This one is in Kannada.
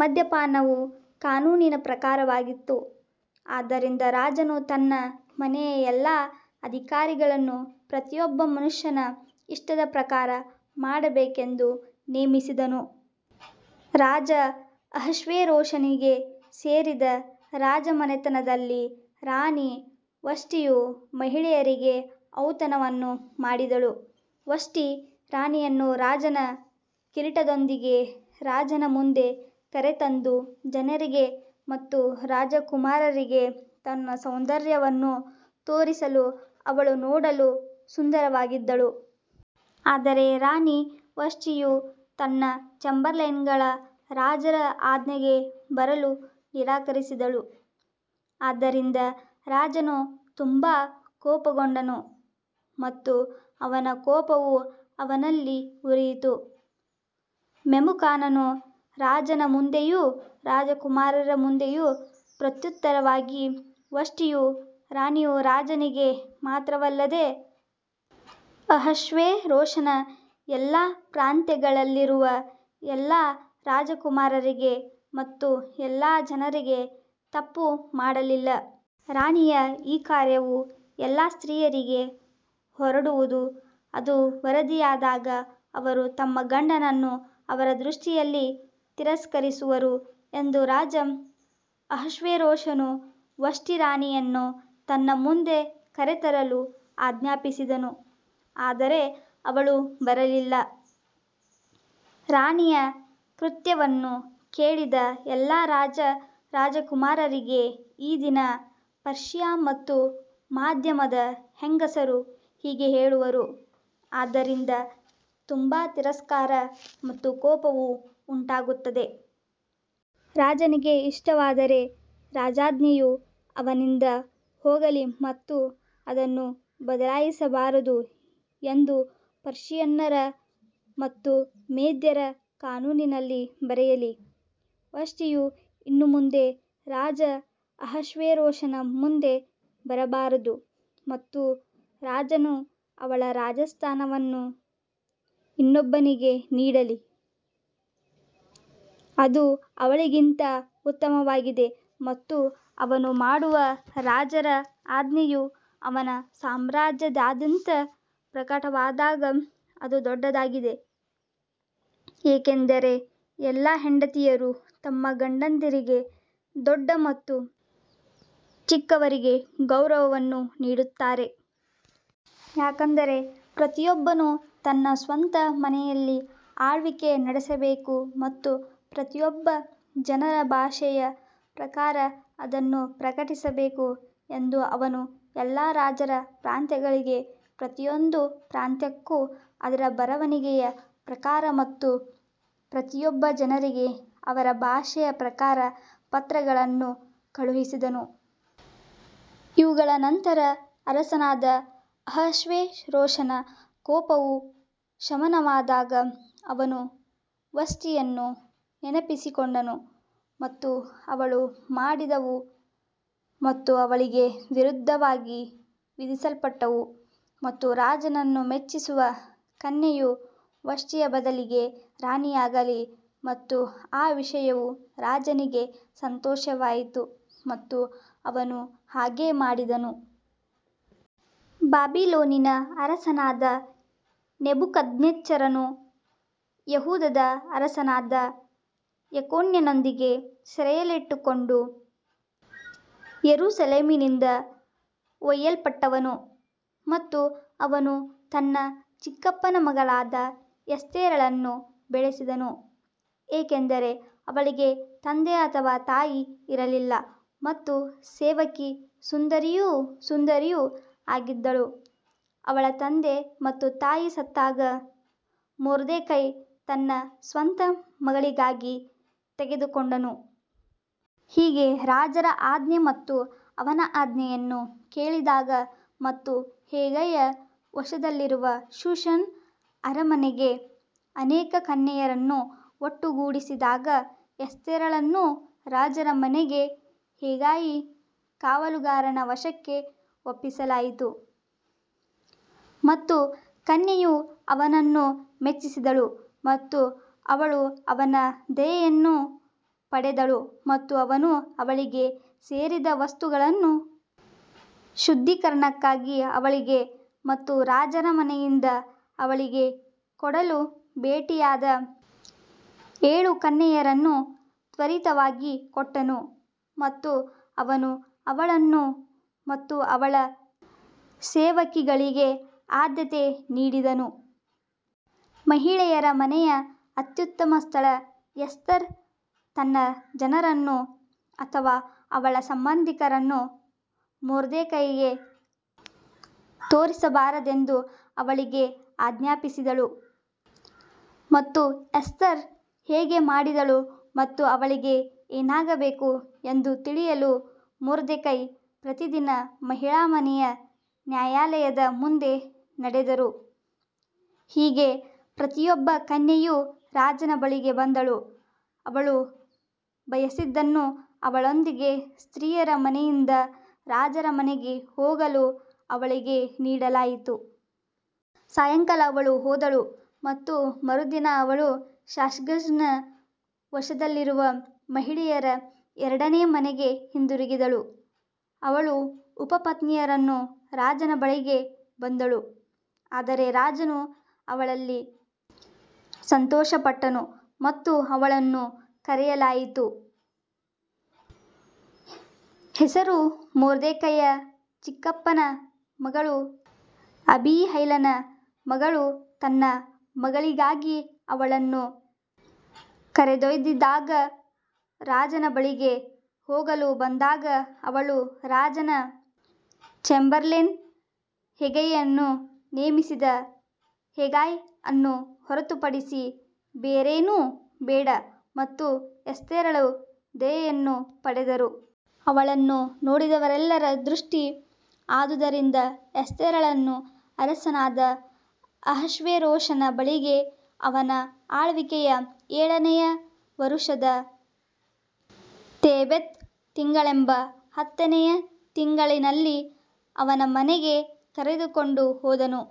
ಮದ್ಯಪಾನವು ಕಾನೂನಿನ ಪ್ರಕಾರವಾಗಿತ್ತು, ಆದ್ದರಿಂದ ರಾಜನು ತನ್ನ ಮನೆಯ ಎಲ್ಲಾ ಅಧಿಕಾರಿಗಳನ್ನು ಪ್ರತಿಯೊಬ್ಬ ಮನುಷ್ಯನ ಇಷ್ಟದ ಪ್ರಕಾರ ಮಾಡಬೇಕೆಂದು ನೇಮಿಸಿದನು. ರಾಜ ಅಹಷ್ವೇರೋಷನಿಗೆ ಸೇರಿದ ರಾಜಮನೆತನದಲ್ಲಿ ರಾಣಿ ವಷ್ಟಿಯು ಮಹಿಳೆಯರಿಗೆ ಔತಣವನ್ನು ಮಾಡಿದಳು. ವಷ್ಟಿ ರಾಣಿಯನ್ನು ರಾಜನ ಕಿರೀಟದೊಂದಿಗೆ ರಾಜನ ಮುಂದೆ ಕರೆತಂದು ಜನರಿಗೆ ಮತ್ತು ರಾಜಕುಮಾರರಿಗೆ ತನ್ನ ಸೌಂದರ್ಯವನ್ನು ತೋರಿಸಲು ಅವಳು ನೋಡಲು ಸುಂದರವಾಗಿದ್ದಳು. ಆದರೆ ರಾಣಿ ವಷ್ಟಿಯು ತನ್ನ ಚೇಂಬರ್ಲೈನ್ಗಳ ರಾಜರ ಆಜ್ಞೆಗೆ ಬರಲು ನಿರಾಕರಿಸಿದಳು, ಆದ್ದರಿಂದ ರಾಜನು ತುಂಬಾ ಕೋಪಗೊಂಡನು ಮತ್ತು ಅವನ ಕೋಪವು ಅವನಲ್ಲಿ ಉರಿಯಿತು. ಮೆಮುಕಾನನು ರಾಜನ ಮುಂದೆಯೂ ರಾಜಕುಮಾರರ ಮುಂದೆಯೂ ಪ್ರತ್ಯುತ್ತರವಾಗಿ ವಷ್ಟಿಯು ರಾಣಿಯು ರಾಜನಿಗೆ ಮಾತ್ರವಲ್ಲದೆ ಅಹಷ್ವೇರೋಷನ ಎಲ್ಲಾ ಪ್ರಾಂತ್ಯಗಳಲ್ಲಿರುವ ಎಲ್ಲಾ ರಾಜಕುಮಾರರಿಗೆ ಮತ್ತು ಎಲ್ಲಾ ಜನರಿಗೆ ತಪ್ಪು ಮಾಡಲಿಲ್ಲ. ರಾಣಿಯ ಈ ಕಾರ್ಯವು ಎಲ್ಲಾ ಸ್ತ್ರೀಯರಿಗೆ ಹೊರಡುವದು, ಅದು ವರದಿಯಾದಾಗ ಅವರು ತಮ್ಮ ಗಂಡನನ್ನು ಅವರ ದೃಷ್ಟಿಯಲ್ಲಿ ತಿರಸ್ಕರಿಸುವರು ಎಂದು ರಾಜ ಅಹಷ್ವೇರೋಷನು ವಷ್ಟಿ ರಾಣಿಯನ್ನು ತನ್ನ ಮುಂದೆ ಕರೆತರಲು ಆಜ್ಞಾಪಿಸಿದನು ಆದರೆ ಅವಳು ಬರಲಿಲ್ಲ. ರಾಣಿಯ ಕೃತ್ಯವನ್ನು ಕೇಳಿದ ಎಲ್ಲಾ ರಾಜ ರಾಜಕುಮಾರರಿಗೆ ಈ ದಿನ ಪರ್ಷಿಯಾ ಮತ್ತು ಮಾಧ್ಯಮದ ಹೆಂಗಸರು ಹೀಗೆ ಹೇಳುವರು, ಆದ್ದರಿಂದ ತುಂಬಾ ತಿರಸ್ಕಾರ ಮತ್ತು ಕೋಪವು ಉಂಟಾಗುತ್ತದೆ. ರಾಜನಿಗೆ ಇಷ್ಟವಾದರೆ ರಾಜಾಜ್ಞೆಯು ಅವನಿಂದ ಹೋಗಲಿ ಮತ್ತು ಅದನ್ನು ಬದಲಾಯಿಸಬಾರದು ಎಂದು ಪರ್ಷಿಯನ್ನರ ಮತ್ತು ಮೇದ್ಯರ ಕಾನೂನಿನಲ್ಲಿ ಬರೆಯಲಿ, ವಷ್ಟಿಯು ಇನ್ನು ಮುಂದೆ ರಾಜ ಅಹಷ್ವೇರೋಷನ ಮುಂದೆ ಬರಬಾರದು ಮತ್ತು ರಾಜನು ಅವಳ ರಾಜಸ್ಥಾನವನ್ನು ಇನ್ನೊಬ್ಬನಿಗೆ ನೀಡಲಿ. ಅದು ಅವಳಿಗಿಂತ ಉತ್ತಮವಾಗಿದೆ ಮತ್ತು ಅವನು ಮಾಡುವ ರಾಜರ ಆಜ್ಞೆಯು ಅವನ ಸಾಮ್ರಾಜ್ಯದಾದ್ಯಂತ ಪ್ರಕಟವಾದಾಗ ಅದು ದೊಡ್ಡದಾಗಿದೆ, ಏಕೆಂದರೆ ಎಲ್ಲಾ ಹೆಂಡತಿಯರು ತಮ್ಮ ಗಂಡಂದಿರಿಗೆ ದೊಡ್ಡ ಮತ್ತು ಚಿಕ್ಕವರಿಗೆ ಗೌರವವನ್ನು ನೀಡುತ್ತಾರೆ. ಯಾಕಂದರೆ ಪ್ರತಿಯೊಬ್ಬನು ತನ್ನ ಸ್ವಂತ ಮನೆಯಲ್ಲಿ ಆಳ್ವಿಕೆ ನಡೆಸಬೇಕು ಮತ್ತು ಪ್ರತಿಯೊಬ್ಬ ಜನರ ಭಾಷೆಯ ಪ್ರಕಾರ ಅದನ್ನು ಪ್ರಕಟಿಸಬೇಕು ಎಂದು ಅವನು ಎಲ್ಲಾ ರಾಜರ ಪ್ರಾಂತ್ಯಗಳಿಗೆ ಪ್ರತಿಯೊಂದು ಪ್ರಾಂತ್ಯಕ್ಕೂ ಅದರ ಬರವಣಿಗೆಯ ಪ್ರಕಾರ ಮತ್ತು ಪ್ರತಿಯೊಬ್ಬ ಜನರಿಗೆ ಅವರ ಭಾಷೆಯ ಪ್ರಕಾರ ಪತ್ರಗಳನ್ನು ಕಳುಹಿಸಿದನು. ಇವುಗಳ ನಂತರ ಅರಸನಾದ ಅಹಷ್ವೇರೋಷನ ಕೋಪವು ಶಮನವಾದಾಗ ಅವನು ವಷ್ಟಿಯನ್ನು ನೆನಪಿಸಿಕೊಂಡನು ಮತ್ತು ಅವಳು ಮಾಡಿದವು ಮತ್ತು ಅವಳಿಗೆ ವಿರುದ್ಧವಾಗಿ ವಿಧಿಸಲ್ಪಟ್ಟವು ಮತ್ತು ರಾಜನನ್ನು ಮೆಚ್ಚಿಸುವ ಕನ್ಯೆಯು ವಷ್ಟಿಯ ಬದಲಿಗೆ ರಾಣಿಯಾಗಲಿ ಮತ್ತು ಆ ವಿಷಯವು ರಾಜನಿಗೆ ಸಂತೋಷವಾಯಿತು ಮತ್ತು ಅವನು ಹಾಗೆ ಮಾಡಿದನು. ಬಾಬಿಲೋನಿನ ಅರಸನಾದ ನೆಬೂಕದ್ನೆಚ್ಚರನು ಯೆಹೂದದ ಅರಸನಾದ ಯೆಕೊನ್ಯನೊಂದಿಗೆ ಸೆರೆಯಲ್ಲಿಟ್ಟುಕೊಂಡು ಯೆರೂಸಲೇಮಿನಿಂದ ಒಯ್ಯಲ್ಪಟ್ಟವನು ಮತ್ತು ಅವನು ತನ್ನ ಚಿಕ್ಕಪ್ಪನ ಮಗಳಾದ ಎಸ್ತೇರಳನ್ನು ಬೆಳೆಸಿದನು, ಏಕೆಂದರೆ ಅವಳಿಗೆ ತಂದೆ ಅಥವಾ ತಾಯಿ ಇರಲಿಲ್ಲ ಮತ್ತು ಸೇವಕಿ ಸುಂದರಿಯೂ ಸುಂದರಿಯೂ ಆಗಿದ್ದಳು, ಅವಳ ತಂದೆ ಮತ್ತು ತಾಯಿ ಸತ್ತಾಗ ಮೊರ್ದೆಕೈ ತನ್ನ ಸ್ವಂತ ಮಗಳಿಗಾಗಿ ತೆಗೆದುಕೊಂಡನು. ಹೀಗೆ ರಾಜರ ಆಜ್ಞೆ ಮತ್ತು ಅವನ ಆಜ್ಞೆಯನ್ನು ಕೇಳಿದಾಗ ಮತ್ತು ಹೆಗೈಯ ವಶದಲ್ಲಿರುವ ಶೂಷನ್ ಅರಮನೆಗೆ ಅನೇಕ ಕನ್ಯೆಯರನ್ನು ಒಟ್ಟುಗೂಡಿಸಿದಾಗ ಎಸ್ತೇರಳನ್ನೂ ರಾಜರ ಮನೆಗೆ ಹೆಗಾಯಿ ಕಾವಲುಗಾರನ ವಶಕ್ಕೆ ಒಪ್ಪಿಸಲಾಯಿತು. ಮತ್ತು ಕನ್ಯೆಯು ಅವನನ್ನು ಮೆಚ್ಚಿಸಿದಳು ಮತ್ತು ಅವಳು ಅವನ ದಯೆಯನ್ನು ಪಡೆದಳು ಮತ್ತು ಅವನು ಅವಳಿಗೆ ಸೇರಿದ ವಸ್ತುಗಳನ್ನು ಶುದ್ಧೀಕರಣಕ್ಕಾಗಿ ಅವಳಿಗೆ ಮತ್ತು ರಾಜರ ಮನೆಯಿಂದ ಅವಳಿಗೆ ಕೊಡಲು ಭೇಟಿಯಾದ ಏಳು ಕನ್ಯೆಯರನ್ನು ತ್ವರಿತವಾಗಿ ಕೊಟ್ಟನು ಮತ್ತು ಅವನು ಅವಳನ್ನು ಮತ್ತು ಅವಳ ಸೇವಕಿಗಳಿಗೆ ಆದ್ಯತೆ ನೀಡಿದನು. ಮಹಿಳೆಯರ ಮನೆಯ ಅತ್ಯುತ್ತಮ ಸ್ಥಳ ಎಸ್ತರ್ ತನ್ನ ಜನರನ್ನು ಅಥವಾ ಅವಳ ಸಂಬಂಧಿಕರನ್ನು ಮೊರ್ದೆಕೈಗೆ ತೋರಿಸಬಾರದೆಂದು ಅವಳಿಗೆ ಆಜ್ಞಾಪಿಸಿದಳು. ಮತ್ತು ಎಸ್ತರ್ ಹೇಗೆ ಮಾಡಿದಳು ಮತ್ತು ಅವಳಿಗೆ ಏನಾಗಬೇಕು ಎಂದು ತಿಳಿಯಲು ಮೊರ್ದೆಕೈ ಪ್ರತಿದಿನ ಮಹಿಳಾ ಮನೆಯ ನ್ಯಾಯಾಲಯದ ಮುಂದೆ ನಡೆದರು. ಹೀಗೆ ಪ್ರತಿಯೊಬ್ಬ ಕನ್ಯೆಯು ರಾಜನ ಬಳಿಗೆ ಬಂದಳು, ಅವಳು ಬಯಸಿದ್ದನ್ನು ಅವಳೊಂದಿಗೆ ಸ್ತ್ರೀಯರ ಮನೆಯಿಂದ ರಾಜರ ಮನೆಗೆ ಹೋಗಲು ಅವಳಿಗೆ ನೀಡಲಾಯಿತು. ಸಾಯಂಕಾಲ ಅವಳು ಹೋದಳು ಮತ್ತು ಮರುದಿನ ಅವಳು ಶಾಶ್ಗಜ್ನ ವಶದಲ್ಲಿರುವ ಮಹಿಳೆಯರ ಎರಡನೇ ಮನೆಗೆ ಹಿಂದಿರುಗಿದಳು, ಅವಳು ಉಪಪತ್ನಿಯರನ್ನು ರಾಜನ ಬಳಿಗೆ ಬಂದಳು, ಆದರೆ ರಾಜನು ಅವಳಲ್ಲಿ ಸಂತೋಷಪಟ್ಟನು ಮತ್ತು ಅವಳನ್ನು ಕರೆಯಲಾಯಿತು. ಹೆಸರು ಮೊರ್ದೆಕೈಯ ಚಿಕ್ಕಪ್ಪನ ಮಗಳು ಅಬೀಹೈಲನ ಮಗಳು ತನ್ನ ಮಗಳಿಗಾಗಿ ಅವಳನ್ನು ಕರೆದೊಯ್ದಿದ್ದಾಗ ರಾಜನ ಬಳಿಗೆ ಹೋಗಲು ಬಂದಾಗ ಅವಳು ರಾಜನ ಚೇಂಬರ್ಲೇನ್ ಹೆಗೈಯನ್ನು ನೇಮಿಸಿದ ಹೆಗಾಯ್ ಅನ್ನು ಹೊರತುಪಡಿಸಿ ಬೇರೇನೂ ಬೇಡ ಮತ್ತು ಎಸ್ತೇರಳು ದಯೆಯನ್ನು ಪಡೆದರು. ಅವಳನ್ನು ನೋಡಿದವರೆಲ್ಲರ ದೃಷ್ಟಿ ಆದುದರಿಂದ ಎಸ್ತೇರಳನ್ನು ಅರಸನಾದ ಅಹಷ್ವೇರೋಷನ ಬಳಿಗೆ ಅವನ ಆಳ್ವಿಕೆಯ ಏಳನೆಯ ವರುಷದ ತೇಬೆತ್ ತಿಂಗಳೆಂಬ ಹತ್ತನೆಯ ತಿಂಗಳಿನಲ್ಲಿ ಅವನ ಮನೆಗೆ ಕರೆದುಕೊಂಡು ಹೋದನು.